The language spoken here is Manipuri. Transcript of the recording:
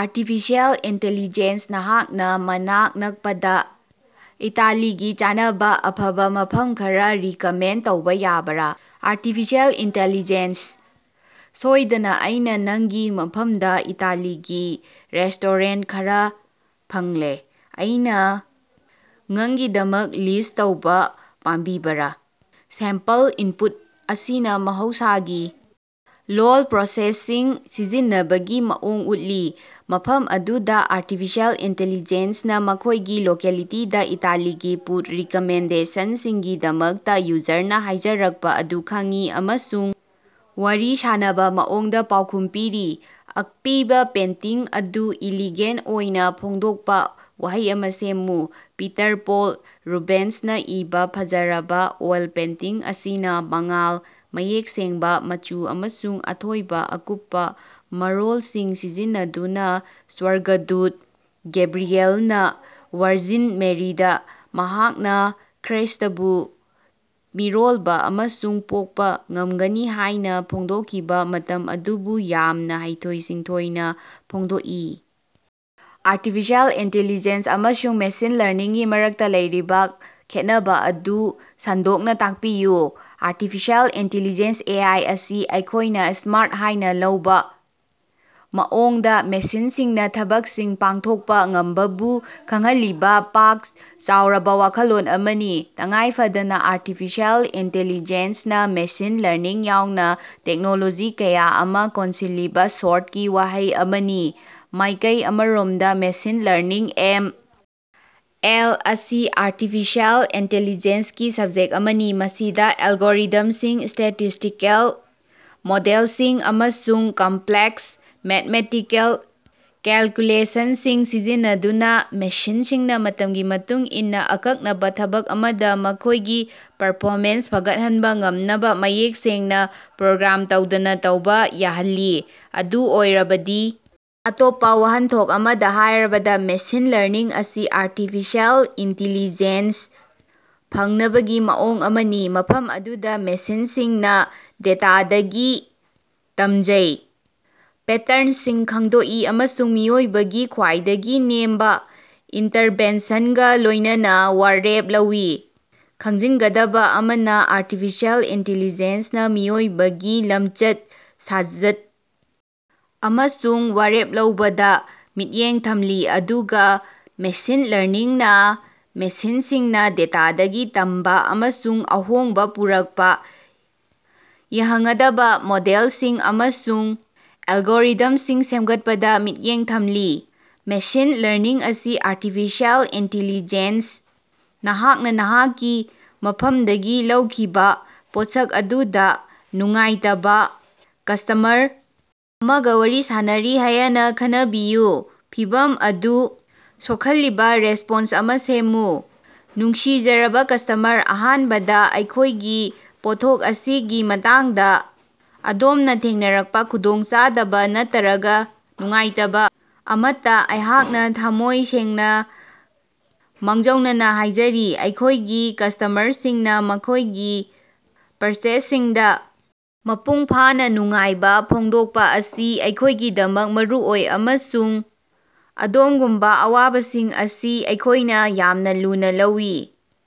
ꯑꯥꯔꯇꯤꯐꯤꯁꯤꯑꯦꯜ ꯏꯟꯇꯦꯜꯂꯤꯖꯦꯟꯁ ꯅꯍꯥꯛꯅꯥ ꯃꯅꯥꯛ ꯅꯛꯄꯗ ꯏꯇꯥꯂꯤꯒꯤ ꯆꯥꯅꯕ ꯑꯐꯕ ꯃꯐꯝ ꯈꯔ ꯔꯤꯀꯃꯦꯟꯗ ꯇꯧꯕꯥ ꯌꯥꯕ꯭ꯔꯥ? ꯑꯥꯔꯇꯤꯐꯤꯁꯤꯑꯦꯜ ꯏꯟꯇꯦꯜꯂꯤꯖꯦꯟꯁ: "ꯁꯣꯏꯗꯅ, ꯑꯩꯅꯥ ꯅꯪꯒꯤ ꯃꯐꯝꯗ ꯏꯇꯥꯂꯤꯒꯤ ꯔꯦꯁ꯭ꯇꯣꯔꯦꯟꯠ ꯈꯔ ꯐꯪꯂꯦ꯫ ꯑꯩꯅ ꯉꯪꯒꯤꯗꯃꯛ ꯂꯤꯁ꯭ꯠ ꯇꯧꯕ ꯄꯥꯝꯕꯤꯕꯔꯥ? " ꯁꯦꯝꯄꯜ ꯏꯟꯄꯨꯠ ꯑꯁꯤꯅ ꯃꯍꯧꯁꯥꯒꯤ ꯂꯣꯜ ꯄ꯭ꯔꯣꯁꯦꯁꯤꯡ ꯁꯤꯖꯤꯟꯅꯕꯒꯤ ꯃꯑꯣꯡ ꯎꯠꯂꯤ, ꯃꯐꯝ ꯑꯗꯨꯗ ꯑꯥꯔꯇꯤꯐꯤꯁꯤꯑꯦꯜ ꯏꯟꯇꯦꯜꯂꯤꯖꯦꯟꯁ ꯅ ꯃꯈꯣꯏꯒꯤ ꯂꯣꯀꯦꯂꯤꯇꯤꯗ ꯏꯇꯥꯂꯤꯒꯤ ꯐꯨꯗ ꯔꯤꯀꯃꯦꯟꯗꯦꯁꯅꯕꯁꯤꯡꯒꯤꯗꯃꯛꯇ ꯌꯨꯖꯔꯅ ꯍꯥꯏꯖꯔꯛꯄ ꯑꯗꯨ ꯈꯪꯏ ꯑꯃꯁꯨꯡ ꯋꯥꯔꯤ ꯁꯥꯅꯕ ꯃꯑꯣꯡꯗ ꯄꯥꯎꯈꯨꯝ ꯄꯤꯔꯤ꯫ ꯑꯄꯤꯕꯥ ꯄꯦꯟꯇꯤꯡ ꯑꯗꯨ ꯏꯂꯤꯒꯦꯟ ꯑꯣꯏꯅ ꯐꯣꯡꯗꯣꯛꯄꯥ ꯋꯥꯍꯩ ꯑꯃ ꯁꯦꯝꯃꯨ꯫ ꯄꯤꯇꯔ ꯄꯣꯜ ꯔꯨꯕꯦꯟꯁꯅ ꯏꯕꯥ ꯐꯖꯔꯕ ꯑꯣꯏꯜ ꯄꯦꯟꯇꯤꯡ ꯑꯁꯤꯅ ꯃꯉꯥꯜ, ꯃꯌꯦꯛ ꯁꯦꯡꯕ ꯃꯆꯨ ꯑꯃꯁꯨꯡ ꯑꯊꯣꯏꯕ ꯑꯀꯨꯞꯄ ꯃꯔꯣꯜꯁꯤꯡ ꯁꯤꯖꯤꯟꯅꯗꯨꯅ, ꯁ꯭ꯋꯔꯒꯗꯨꯠ ꯒꯦꯕ꯭ꯔꯤꯌꯦꯜꯅꯥ ꯋꯥꯔꯖꯤꯟ ꯃꯦꯔꯤꯗ ꯃꯍꯥꯛꯅ ꯈ꯭ꯔ꯭ꯏꯁ꯭ꯇꯕꯨ ꯃꯤꯔꯣꯟꯕ ꯑꯃꯁꯨꯡ ꯄꯣꯛꯄ ꯉꯝꯒꯅꯤ ꯍꯥꯏꯅ ꯐꯣꯡꯗꯣꯛꯈꯤꯕ ꯃꯇꯝ ꯑꯗꯨꯕꯨ ꯌꯥꯝꯅ ꯍꯩꯊꯣꯏ-ꯁꯤꯡꯊꯣꯏꯅ ꯐꯣꯡꯗꯣꯛꯏ꯫। ꯑꯥꯔꯇꯤꯐꯤꯁꯤꯑꯦꯜ ꯏꯟꯇꯦꯂꯤꯖꯦꯟꯁ ꯑꯃꯁꯨꯡ ꯃꯦꯁꯤꯟ ꯂꯔꯅꯤꯡꯒꯤ ꯃꯔꯛꯇ ꯂꯩꯔꯤꯕꯥ ꯈꯦꯠꯅꯕꯥ ꯑꯗꯨ ꯁꯟꯗꯣꯛꯅ ꯇꯥꯛꯄꯤꯌꯨ꯫ Artificial intelligence (A. ꯑꯥꯏ.) ꯑꯁꯤ ꯑꯩꯈꯣꯏꯅ "ꯁ꯭ꯃꯥꯔꯠ" ꯍꯥꯏꯅ ꯂꯧꯕ ꯃꯑꯣꯡꯗ ꯃꯦꯁꯤꯟꯁꯤꯡꯅ ꯊꯕꯛꯁꯤꯡ ꯄꯥꯡꯊꯣꯛꯄ ꯉꯝꯕꯕꯨ ꯈꯪꯍꯜꯂꯤꯕ ꯄꯥꯛ ꯆꯥꯎꯔꯕꯕꯋꯥꯈꯜꯂꯣꯟ ꯑꯃꯅꯤ꯫ ꯇꯉꯥꯏꯐꯗꯅꯥ, ꯑꯥꯔꯇꯤꯐꯤꯁꯤꯑꯦꯜ ꯏꯟꯇꯦꯜꯂꯤꯖꯦꯟꯁꯅ ꯃꯦꯁꯤꯟ ꯂꯔꯅꯤꯡ ꯌꯥꯎꯅꯥ ꯇꯦꯛꯅꯣꯂꯣꯖꯤ ꯀꯌꯥ ꯑꯃ ꯀꯣꯟꯁꯤꯜꯂꯤꯕ ꯁ꯭ꯣꯔꯠꯒꯤ ꯋꯥꯍꯩ ꯑꯃꯅꯤ꯫ ꯃꯥꯏꯀꯩ ꯑꯃꯔꯣꯝꯗ, ꯃꯦꯁꯤꯟ ꯂꯔꯅꯤꯡ (ꯑꯦꯝ. ꯑꯦꯜ.) ꯑꯁꯤ ꯑꯥꯔꯇꯤꯐꯤꯁꯤꯑꯦꯜ ꯏꯟꯇꯦꯜꯂꯤꯖꯦꯟꯁ ꯒꯤ ꯁꯕꯁꯦꯠ ꯑꯃꯅꯤ ꯃꯁꯤꯗ ꯑꯦꯜꯒꯣꯔꯤꯊꯝꯁꯤꯡ, ꯁ꯭ꯇꯦꯇꯤꯁ꯭ꯇꯤꯀꯦꯜ ꯃꯣꯗꯦꯜꯁꯤꯡ, ꯑꯃꯁꯨꯡ ꯀꯝꯄ꯭ꯂꯦꯛꯁ ꯃꯦꯊꯃꯦꯇꯤꯀꯦꯜ ꯀꯦꯜꯀꯨꯂꯦꯁꯟꯁꯤꯡ ꯁꯤꯖꯤꯟꯅꯗꯨꯅ ꯃꯦꯁꯤꯟꯁꯤꯡꯅ ꯃꯇꯝꯒꯤ ꯃꯇꯨꯡ ꯏꯟꯅ ꯑꯀꯛꯅꯕ ꯊꯕꯛ ꯑꯃꯗ ꯃꯈꯣꯏꯒꯤ ꯄꯔꯐꯣꯃꯦꯟꯁ ꯐꯒꯠꯍꯟꯕ ꯉꯝꯅꯕ, ꯃꯌꯦꯛ ꯁꯦꯡꯅ ꯄ꯭ꯔꯣꯒ꯭ꯔꯥꯝ ꯇꯧꯗꯅ ꯇꯧꯕ ꯌꯥꯍꯜꯂꯤ꯫ ꯑꯗꯨ ꯑꯣꯏꯔꯕꯗꯤ. ꯑꯇꯣꯞꯄ ꯋꯥꯍꯟꯊꯣꯛ ꯑꯃꯗ ꯍꯥꯏꯔꯕꯗ, ꯃꯦꯁꯤꯟ ꯂꯔꯅꯤꯡ ꯑꯁꯤ ꯑꯥꯔꯇꯤꯐꯤꯁꯤꯑꯦꯜ ꯏꯟꯇꯤꯂꯤꯖꯦꯟꯁ ꯐꯪꯅꯕꯒꯤ ꯃꯑꯣꯡ ꯑꯃꯅꯤ ꯃꯐꯝ ꯑꯗꯨꯗꯥ ꯃꯦꯁꯤꯟꯁꯤꯡꯅ ꯗꯦꯇꯥꯗꯒꯤ ꯇꯝꯖꯩ, ꯄꯦꯇ꯭ꯔꯟꯁꯤꯡ ꯈꯡꯗꯣꯀꯏ ꯑꯃꯁꯨꯡ ꯃꯤꯑꯣꯏꯕꯒꯤ ꯈ꯭ꯋꯥꯏꯗꯒꯤ ꯅꯦꯝꯕ ꯏꯟꯇꯔꯚꯦꯟꯁꯟꯒ ꯂꯣꯏꯅꯅ ꯋꯥꯔꯦꯞ ꯂꯧꯏ꯫ ꯈꯪꯖꯤꯟꯒꯗꯕꯥ ꯑꯃꯅ, ꯑꯥꯔꯇꯤꯐꯤꯁꯤꯑꯦꯜ ꯏꯟꯇꯤꯂꯤꯖꯦꯟꯁꯅꯥ ꯃꯤꯑꯣꯏꯕꯒꯤ ꯂꯝꯆꯠ-ꯁꯥꯖꯠ ꯑꯃꯁꯨꯡ ꯋꯥꯔꯦꯞ ꯂꯧꯕꯗꯥ ꯃꯤꯠꯌꯦꯡ ꯊꯝꯂꯤ ꯑꯗꯨꯒ ꯃꯦꯁꯤꯟ ꯂꯔꯅꯤꯡꯅꯥ ꯃꯦꯁꯤꯟꯁꯤꯡꯅ ꯗꯦꯇꯥꯗꯒꯤ ꯇꯝꯕꯥ ꯑꯃꯁꯨꯡ ꯑꯍꯣꯡꯕ ꯄꯨꯔꯛꯄ ꯌꯥꯍꯉꯗꯕꯥ ꯃꯣꯗꯦꯜꯁꯤꯡ ꯑꯃꯁꯨꯡ ꯑꯦꯜꯒꯣꯔꯤꯊꯝꯁꯤꯡ ꯁꯦꯝꯒꯠꯄꯗ ꯃꯤꯠꯌꯦꯡ ꯊꯝꯂꯤ꯫ ꯃꯦꯁꯤꯟ ꯂꯔꯅꯤꯡ ꯑꯁꯤ ꯑꯥꯔꯇꯤꯐꯤꯁꯤꯑꯦꯜ ꯏꯟꯇꯦꯜꯂꯤꯖꯦꯟꯁ ꯅꯍꯥꯛꯅꯥꯅꯍꯥꯛꯀꯤ ꯃꯐꯝꯗꯒꯤ ꯂꯧꯈꯤꯕꯥ ꯄꯣꯠꯁꯛ ꯑꯗꯨꯗ ꯅꯨꯡꯉꯥꯏꯇꯕꯥ ꯀꯁ꯭ꯇꯃꯔ ꯑꯃꯒ ꯋꯥꯔꯤ ꯁꯥꯅꯔꯤ ꯍꯥꯌꯅꯥ ꯈꯅꯕꯤꯌꯨ꯫ ꯐꯤꯚꯝ ꯑꯗꯨ ꯁꯣꯈꯜꯂꯤꯕꯥ ꯔꯦꯁ꯭ꯄꯣꯟꯁ ꯑꯃꯥ ꯁꯦꯝꯃꯨ꯫ ꯅꯨꯡꯁꯤꯖꯔꯕꯥ ꯀꯁ꯭ꯇꯃꯔ, ꯑꯍꯥꯟꯕꯗ ꯑꯩꯈꯣꯏꯒꯤ ꯄꯣꯠꯊꯣꯛ ꯑꯁꯤꯒꯤ ꯃꯇꯥꯡꯗ ꯑꯗꯣꯝꯅꯥ ꯊꯦꯡꯅꯔꯛꯄꯥ ꯈꯨꯗꯣꯡꯆꯥꯗꯕ ꯅꯠꯇꯔꯒ ꯅꯨꯡꯉꯥꯏꯇꯕ ꯑꯃꯠꯇ ꯑꯩꯍꯥꯛꯅ ꯊꯃꯣꯏ ꯁꯦꯡꯅꯥ ꯃꯥꯡꯖꯧꯅꯅꯥ ꯍꯥꯏꯖꯔꯤ꯫ ꯑꯩꯈꯣꯏꯒꯤ ꯀꯁ꯭ꯇꯃꯔꯁꯤꯡꯅ ꯃꯈꯣꯏꯒꯤ ꯄꯔꯆꯦꯖꯁꯤꯡꯗ ꯃꯄꯨꯡ ꯐꯥꯅ ꯅꯨꯡꯉꯥꯏꯕ ꯐꯣꯡꯗꯣꯛꯄ ꯑꯁꯤ ꯑꯩꯈꯣꯏꯒꯤꯗꯃꯛ ꯃꯔꯨꯑꯣꯏ ꯑꯃꯁꯨꯡ ꯑꯗꯣꯝꯒꯨꯝꯕ ꯑꯋꯥꯕꯁꯤꯡ ꯑꯁꯤ ꯑꯩꯈꯣꯏꯅ ꯌꯥꯝꯅ ꯂꯨꯅꯥ ꯂꯧꯏ꯫